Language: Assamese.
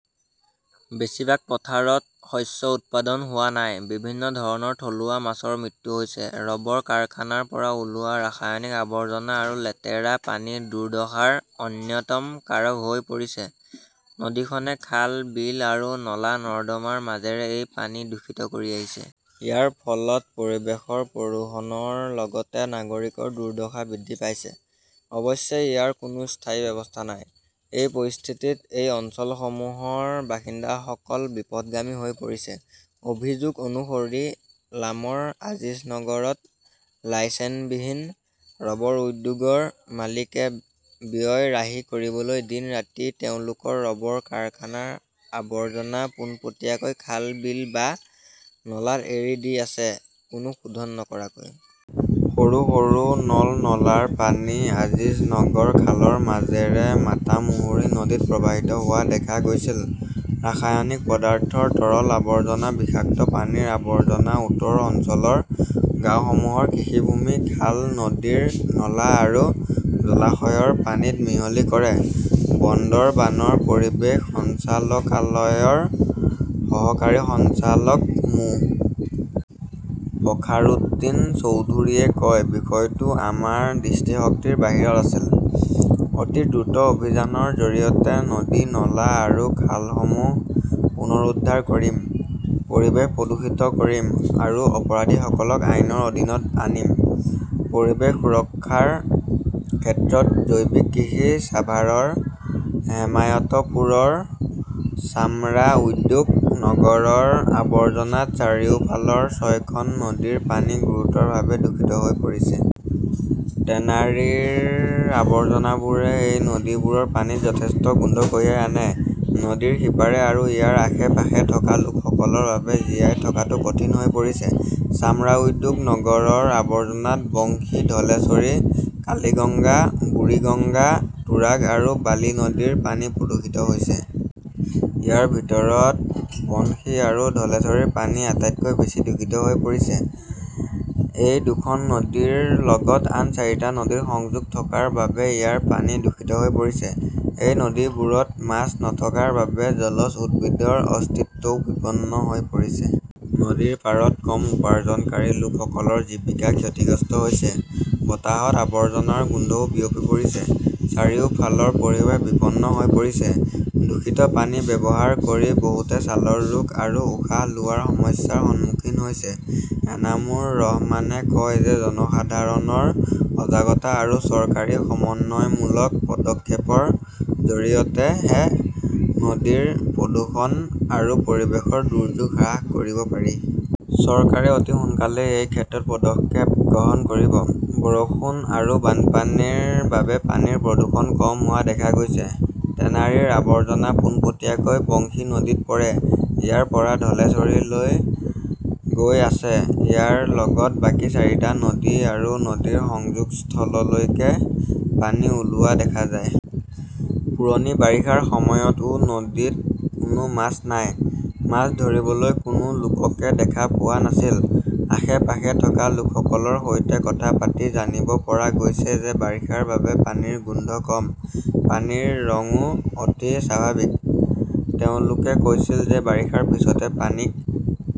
বেছিভাগ পথাৰত শস্য উৎপাদন হোৱা নাই। বিভিন্ন ধৰণৰ থলুৱা মাছৰ মৃত্যু হৈছে। ৰবৰ কাৰখানাৰ পৰা ওলোৱা ৰাসায়নিক আৱৰ্জনা আৰু লেতেৰা পানী দুৰ্দশাৰ অন্যতম কাৰক হৈ পৰিছে। নদীখনে খাল, বিল আৰু নলা-নৰ্দমাৰ মাজেৰে এই পানী দূষিত কৰি আহিছে। ইয়াৰ ফলত পৰিৱেশৰ প্ৰদূষণৰ লগতে নাগৰিকৰ দুৰ্দশা বৃদ্ধি পাইছে। অৱশ্যে, ইয়াৰ কোনো স্থায়ী ব্যৱস্থা নাই। এই পৰিস্থিতিত এই অঞ্চলসমূহৰ বাসিন্দাসকল বিপথগামী হৈ পৰিছে। অভিযোগ অনুসৰি লামৰ আজিজনগৰত লাইচেনবিহীন ৰবৰ উদ্যোগৰ মালিকে ব্যয় ৰাহি কৰিবলৈ দিন-ৰাতি তেওঁলোকৰ ৰবৰ কাৰখানাৰ আৱৰ্জনা পোনপটীয়াকৈ খাল-বিল বা নালাত এৰি দি আছে, কোনো শোধন নকৰাকৈ। সৰু সৰু নল-নলাৰ পানী আজিজনগৰ খালৰ মাজেৰে মাতামুহুৰী নদীত প্ৰৱাহিত হোৱা দেখা গৈছিল। ৰাসায়নিক পদাৰ্থৰ তৰল আৱৰ্জনা বিষাক্ত পানীৰ আৱৰ্জনা উত্তৰ অঞ্চলৰ গাঁওসমূহৰ কৃষিভূমি, খাল, নদীৰ নলা আৰু জলাশয়ৰ পানীত মিহলি কৰে। বন্দৰবানৰ পৰিৱেশ সঞ্চালকালয়ৰ সহকাৰী সঞ্চালক মো. ফখাৰউদ্দিন চৌধুৰীয়ে কয়, বিষয়টো আমাৰ দৃষ্টিশক্তিৰ বাহিৰত আছিল । অতি দ্ৰুত অভিযানৰ জৰিয়তে নদী-নলা আৰু খালসমূহ পুনৰুদ্ধাৰ কৰিম, পৰিৱেশ প্ৰদূষিত কৰিম আৰু অপৰাধীসকলক আইনৰ অধীনত আনিম। পৰিৱেশ সুৰক্ষাৰ ক্ষেত্ৰত জৈৱিক কৃষি ছাভাৰৰ হেমায়তপুৰৰ চামৰা উদ্যোগ নগৰৰ আৱৰ্জনাত চাৰিওফালৰ ছয়খন নদীৰ পানী গুৰুতৰভাৱে দূষিত হৈ পৰিছে। টেনাৰীৰ আৱৰ্জনাবোৰে এই নদীবোৰৰ পানীত যথেষ্ট গোন্ধ কঢ়িয়াই আনে। নদীৰ সিপাৰে আৰু ইয়াৰ আশে-পাশে থকা লোকসকলৰ বাবে জীয়াই থকাটো কঠিন হৈ পৰিছে। চামৰা উদ্যোগ নগৰৰ আৱৰ্জনাত বংশী, ধলেশ্বৰী, কালিগঙ্গা, বুৰিগঙ্গা, তুৰাগ আৰু বালি নদীৰ পানী প্ৰদূষিত হৈছে। ইয়াৰ ভিতৰত বনশী আৰু ধলেশ্বৰীৰ পানী আটাইতকৈ বেছি দূষিত হৈ পৰিছে। এই দুখন নদীৰ লগত আন চাৰিটা নদীৰ সংযোগ থকাৰ বাবে ইয়াৰ পানী দূষিত হৈ পৰিছে। এই নদীবোৰত মাছ নথকাৰ বাবে জলজ উদ্ভিদৰ অস্তিত্বও বিপন্ন হৈ পৰিছে। নদীৰ পাৰত কম উপাৰ্জনকাৰী লোকসকলৰ জীৱিকা ক্ষতিগ্ৰস্ত হৈছে। বতাহত আৱৰ্জনাৰ গোন্ধও বিয়পি পৰিছে। চাৰিওফালৰ পৰিৱেশ বিপন্ন হৈ পৰিছে। দূষিত পানী ব্যৱহাৰ কৰি বহুতে ছালৰ ৰোগ আৰু উশাহ লোৱাৰ সমস্যাৰ সন্মুখীন হৈছে। এনামুৰ ৰহমানে কয় যে জনসাধাৰণৰ সজাগতা আৰু চৰকাৰী সমন্বয়মূলক পদক্ষেপৰ জৰিয়তেহে নদীৰ প্ৰদূষণ আৰু পৰিৱেশৰ দুৰ্যোগ হ্ৰাস কৰিব পাৰি। চৰকাৰে অতি সোনকালেই এই ক্ষেত্ৰত পদক্ষেপ গ্ৰহণ কৰিব। বৰষুণ আৰু বানপানীৰ বাবে পানীৰ প্ৰদূষণ কম হোৱা দেখা গৈছে। টেনাৰীৰ আৱৰ্জনা পোনপটীয়াকৈ বংশী নদীত পৰে। ইয়াৰ পৰা ধলেশ্বৰীলৈ গৈ আছে। ইয়াৰ লগত বাকী চাৰিটা নদী আৰু নদীৰ সংযোগস্থললৈকে পানী ওলোৱা দেখা যায়। পুৰণি বাৰিষাৰ সময়তও নদীত কোনো মাছ নাই। মাছ ধৰিবলৈ কোনো লোককে দেখা পোৱা নাছিল। আশে-পাশে থকা লোকসকলৰ সৈতে কথা পাতি জানিব পৰা গৈছে যে বাৰিষাৰ বাবে পানীৰ গোন্ধ কম। পানীৰ ৰংও অতি স্বাভাৱিক। তেওঁলোকে কৈছিল যে বাৰিষাৰ পিছতে পানী ক